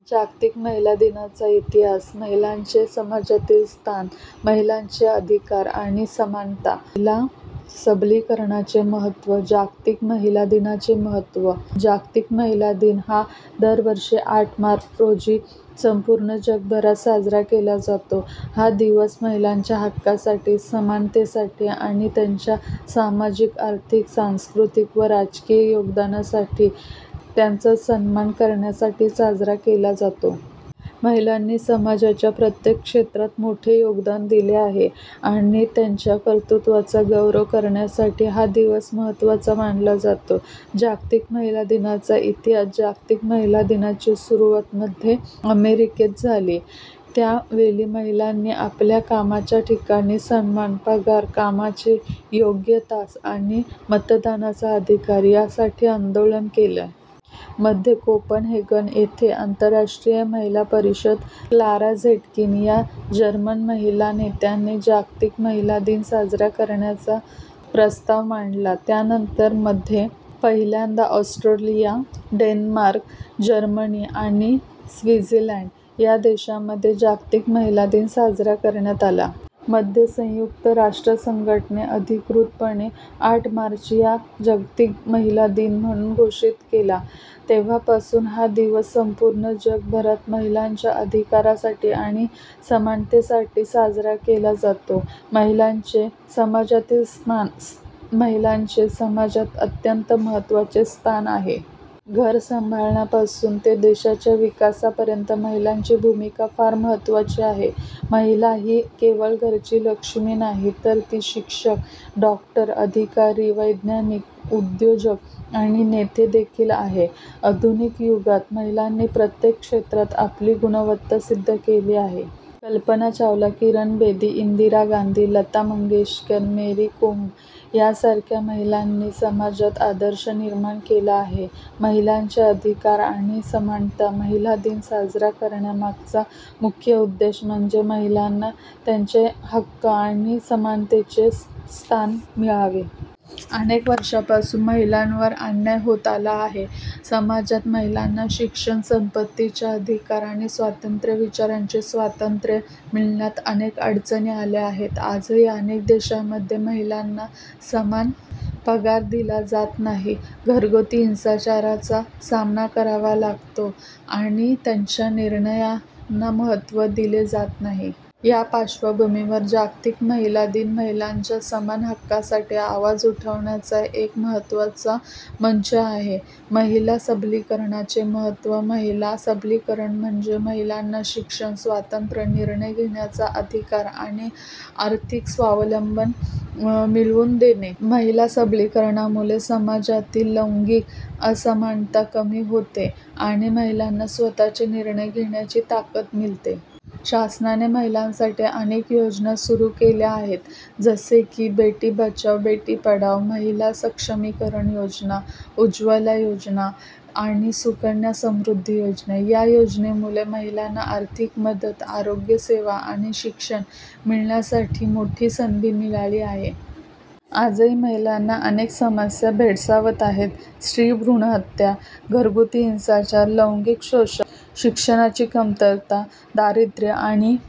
जागतिक महिला दिनाचा इतिहास, महिलांचे समाजातील स्थान, महिलांचे अधिकार आणि समानता, महिला सबलीकरणाचे महत्त्व, जागतिक महिला दिनाचे महत्त्व. जागतिक महिला दिन हा दरवर्षी आठ मार्च रोजी संपूर्ण जगभरात साजरा केला जातो. हा दिवस महिलांच्या हक्कांसाठी, समानतेसाठी आणि त्यांच्या सामाजिक, आर्थिक, सांस्कृतिक व राजकीय योगदानासाठी त्यांचा सन्मान करण्यासाठी साजरा केला जातो. महिलांनी समाजाच्या प्रत्येक क्षेत्रात मोठे योगदान दिले आहे आणि त्यांच्या कर्तृत्वाचा गौरव करण्यासाठी हा दिवस महत्त्वाचा मानला जातो. जागतिक महिला दिनाचा इतिहास जागतिक महिला दिनाची सुरुवात मध्ये अमेरिकेत झाली. त्या वेळी महिलांनी आपल्या कामाच्या ठिकाणी समान पगार, कामाचे योग्य तास आणि मतदानाचा अधिकार यासाठी आंदोलन केले. मध्ये कोपनहेगन येथे आंतरराष्ट्रीय महिला परिषदेत क्लारा झेटकिन या जर्मन महिला नेत्याने जागतिक महिला दिन साजरा करण्याचा प्रस्ताव मांडला. यानंतर मध्ये पहिल्यांदा ऑस्ट्रिया, डेन्मार्क, जर्मनी आणि स्वित्झर्लंड या देशांमध्ये जागतिक महिला दिन साजरा करण्यात आला. मध्ये संयुक्त राष्ट्रसंघाने अधिकृतपणे आठ मार्च हा जागतिक महिला दिन म्हणून घोषित केला. तेव्हापासून हा दिवस संपूर्ण जगभरात महिलांच्या अधिकारांसाठी आणि समानतेसाठी साजरा केला जातो. महिलांचे समाजातील स्थान महिलांचे समाजात अत्यंत महत्त्वाचे स्थान आहे. घर सांभाळण्यापासून ते देशाच्या विकासापर्यंत महिलांची भूमिका फार महत्त्वाची आहे. महिला ही केवळ घरची लक्ष्मी नाही तर ती शिक्षक, डॉक्टर, अधिकारी, वैज्ञानिक, उद्योजक आणि नेते देखील आहे. आधुनिक युगात महिलांनी प्रत्येक क्षेत्रात आपली गुणवत्ता सिद्ध केली आहे. कल्पना चावला, किरण बेदी, इंदिरा गांधी, लता मंगेशकर, मेरी कोम यांसारख्या महिलांनी समाजात आदर्श निर्माण केला आहे. महिलांचे अधिकार आणि समानता महिला दिन साजरा करण्यामागचा मुख्य उद्देश म्हणजे महिलांना त्यांचे हक्क आणि समानतेचे स्थान मिळावे. अनेक वर्षांपासून महिलांवर अन्याय होत आला आहे. समाजात महिलांना शिक्षण, संपत्तीचे अधिकार आणि स्वतंत्र विचारांचे स्वातंत्र्य मिळण्यात अनेक अडचणी आल्या आहेत. आजही अनेक देशांमध्ये महिलांना समान पगार दिला जात नाही, घरगुती हिंसाचाराचा सामना करावा लागतो आणि त्यांच्या निर्णयांना महत्त्व दिले जात नाही. या पार्श्वभूमीवर जागतिक महिला दिन महिलांच्या समान हक्कांसाठी आवाज उठवण्याचा एक महत्त्वाचा मंच आहे. महिला सबलीकरणाचे महत्त्व महिला सबलीकरण म्हणजे महिलांना शिक्षण, स्वातंत्र्य, निर्णय घेण्याचा अधिकार आणि आर्थिक स्वावलंबन मिळवून देणे. महिला सबलीकरणामुळे समाजातील लैंगिक असमानता कमी होते आणि महिलांना स्वतःचे निर्णय घेण्याची ताकद मिळते. शासनाने महिलांसाठी अनेक योजना सुरू केल्या आहेत जसे की बेटी बचाओ बेटी पढाओ, महिला सक्षमीकरण योजना, उज्ज्वला योजना आणि सुकन्या समृद्धी योजना. या योजनांमुळे महिलांना आर्थिक मदत, आरोग्यसेवा आणि शिक्षण मिळवण्यासाठी मोठी संधी मिळाली आहे. आजही महिलांना अनेक समस्या भेडसावत आहेत. स्त्री भ्रूणहत्या, घरगुती हिंसाचार, लैंगिक शोषण, शिक्षणाची कमतरता, दारिद्र्य आणि